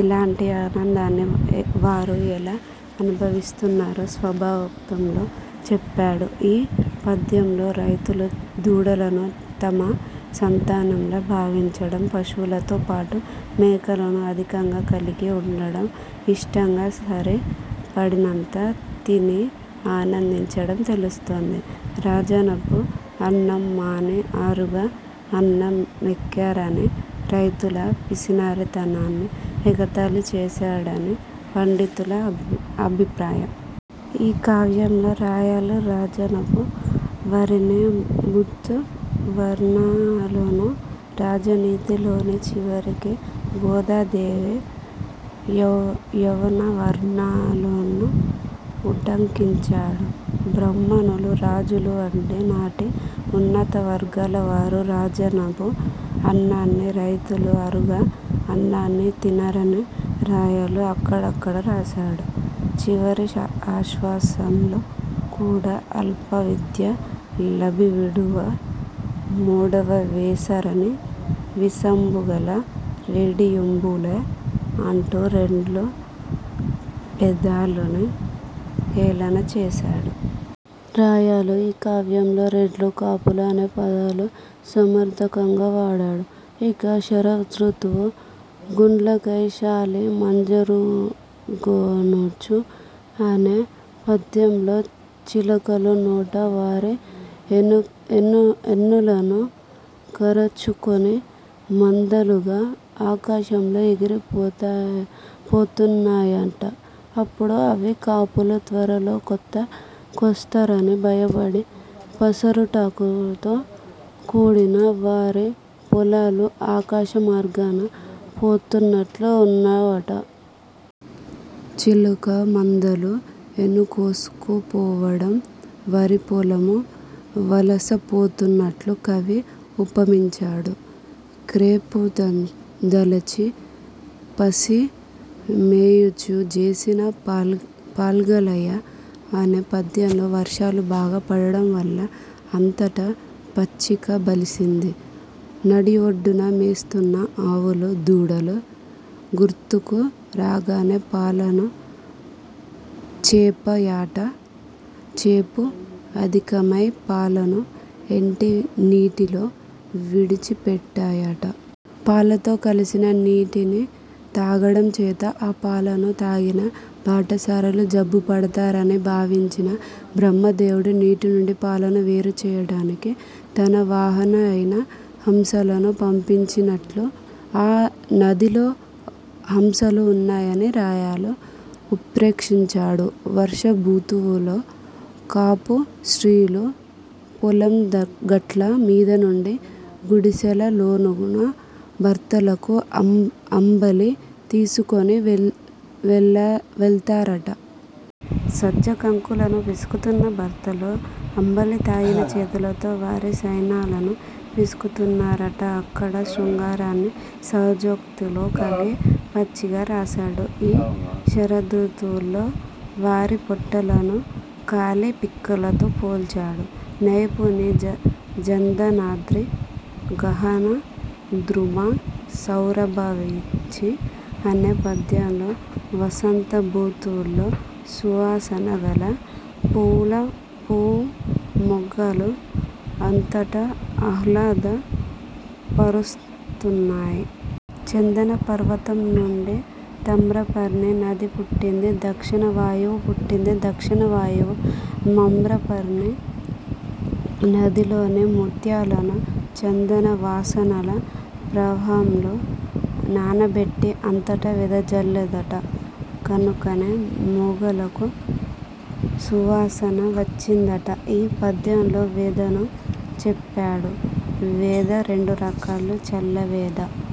ఇలాంటి ఆనందాన్ని వారు ఎలా అనుభవిస్తున్నారో స్వభావోక్తిలో చెప్పాడు. ఈ పద్యంలో రైతులు దూడలను తమ సంతానంలా భావించడం, పశువులతో పాటు మేకలను అధికంగా కలిగి ఉండడం, ఇష్టంగా సరి పడినంత తిని ఆనందించడం తెలుస్తోంది. రాజనపు అన్నం మాని ఆరుగ అన్నం మెక్కారు అని రైతుల పిసినారితనాన్ని ఎగతాళి చేశాడని పండితుల అభిప్రాయం. ఈ కావ్యంలో రాయలు రాజనపు వరిని ఋతు వర్ణనలోను, రాజనీతిలోను, చివరికి గోదాదేవి యౌవనవర్ణనలోనూ ఉటంకించాడు. బ్రాహ్మ ణులు, రాజులు వంటి నాటి ఉన్నతవర్గాలవారు రాజనపు అన్నాన్ని, రైతులు ఆరుగ అన్నాన్ని తిన్నారని రాయలు అక్కడక్కడ రాశాడు. చివరిఆశ్వాసంలో కూడా ''అల్ప విద్యా లబ్ధి విడువ, ముడువ వేసారని వీసంబుగల రెడ్డియుంబోలె'' అంటూ రెడ్లు పేదలని హేళనచేశాడు. రాయలు ఈ కావ్యంలో రెడ్లు, కాపులు అనే పదాలను సమార్థకంగా వాడాడు. ఇక శరదృతువు-- ''గూండ్లకై శాలి మంజరుల్గొనుచు'' అనే పద్యంలో చిలకలు నోట వరి ఎన్నులను కరచుకొని మందలుగా ఆకాశంలో ఎగిరిపోతున్నాయట. అప్పుడు అవి కాపులు త్వరలో కోత కోస్తారని భయపడి పసరుటాకుతో కూడిన వరి పొలాలు ఆకాశమార్గాన పోతున్నట్టు ఉన్నవట. చిలక మందలు ఎన్నులుకోసుకుపోవడం వరిపొలము వలసపోతున్నట్లు కవి ఉపమించాడు. ''క్రేపుదలచి పసి మేయుచు జేసిన పాల్గలయ'', అనే పద్యంలో వర్షాలు బాగా పడడంవల్ల అంతటా పచ్చిక బలిసింది. నదిఒడ్డున మేస్తున్న ఆవులు దూడలు గుర్తుకు రాగానే పాలను చేపా యట. చేపు అధికమై పాలను ఏంటి నీటిలో విడిచి పెట్టాయట. పాలతో కలసిన నీటిని తాగడం చేత ఆ పాలను తాగిన బాటసారులు జబ్బు పడతారని భావించిన బ్రహ్మదేవుడు నీటినుండి పాలను వేరుచేయడానికి తన వాహనా లయిన హంసలను పంపించాడన్నట్లు ఆ నదిలో హంసలు ఉన్నాయని రాయలు ఉత్ర్పేక్షించాడు. వర్ష బుతువులో కాపు స్త్రీలు పొలం గట్ల మీదనున్న గుడిసెల లోనున్న భర్తలకు అంబలి తీసుకొని వెళతారట. సజ్జ కంకులను పిసుకుతున్న భర్తలు అంబలి తాగిన చేతులతో వారి స్తనాలను పిసుకుతున్నారట. ఇక్కడ శృంగారాన్ని సహజోక్తిలో కవి పచ్చిగా రాశాడు. ఈ శరదృతువులో వరిపొట్టలను కాలి పిక్కలతో పోల్చాడు. ''నైపుణి జందనాద్రి గహన ద్రుమ సౌరభవీచి '' అనే పద్యంలో వసంత బుతువులో సువాసన గల పూమొగ్గలు అంతటా ఆహ్లాద పరుస్తున్నాయి. చందన పర్వతం నుండి మమ్రపర్ణీ నది పుట్టింది. దక్షిణ వాయువూ పుట్టింది. దక్షిణ వాయువు తామ్రపర్ణీ నదిలోని ముత్యాలను చందన వాసనల ప్రవాహంలో నానబెట్టి అంతటా వెదజల్లిందట. కనుకనే మొగ్గలకు సువాసన వచ్చిందట. ఈ పద్యంలో వెదను చెప్పాడు. వెద రెండు రకాలు. చల్లు వెద.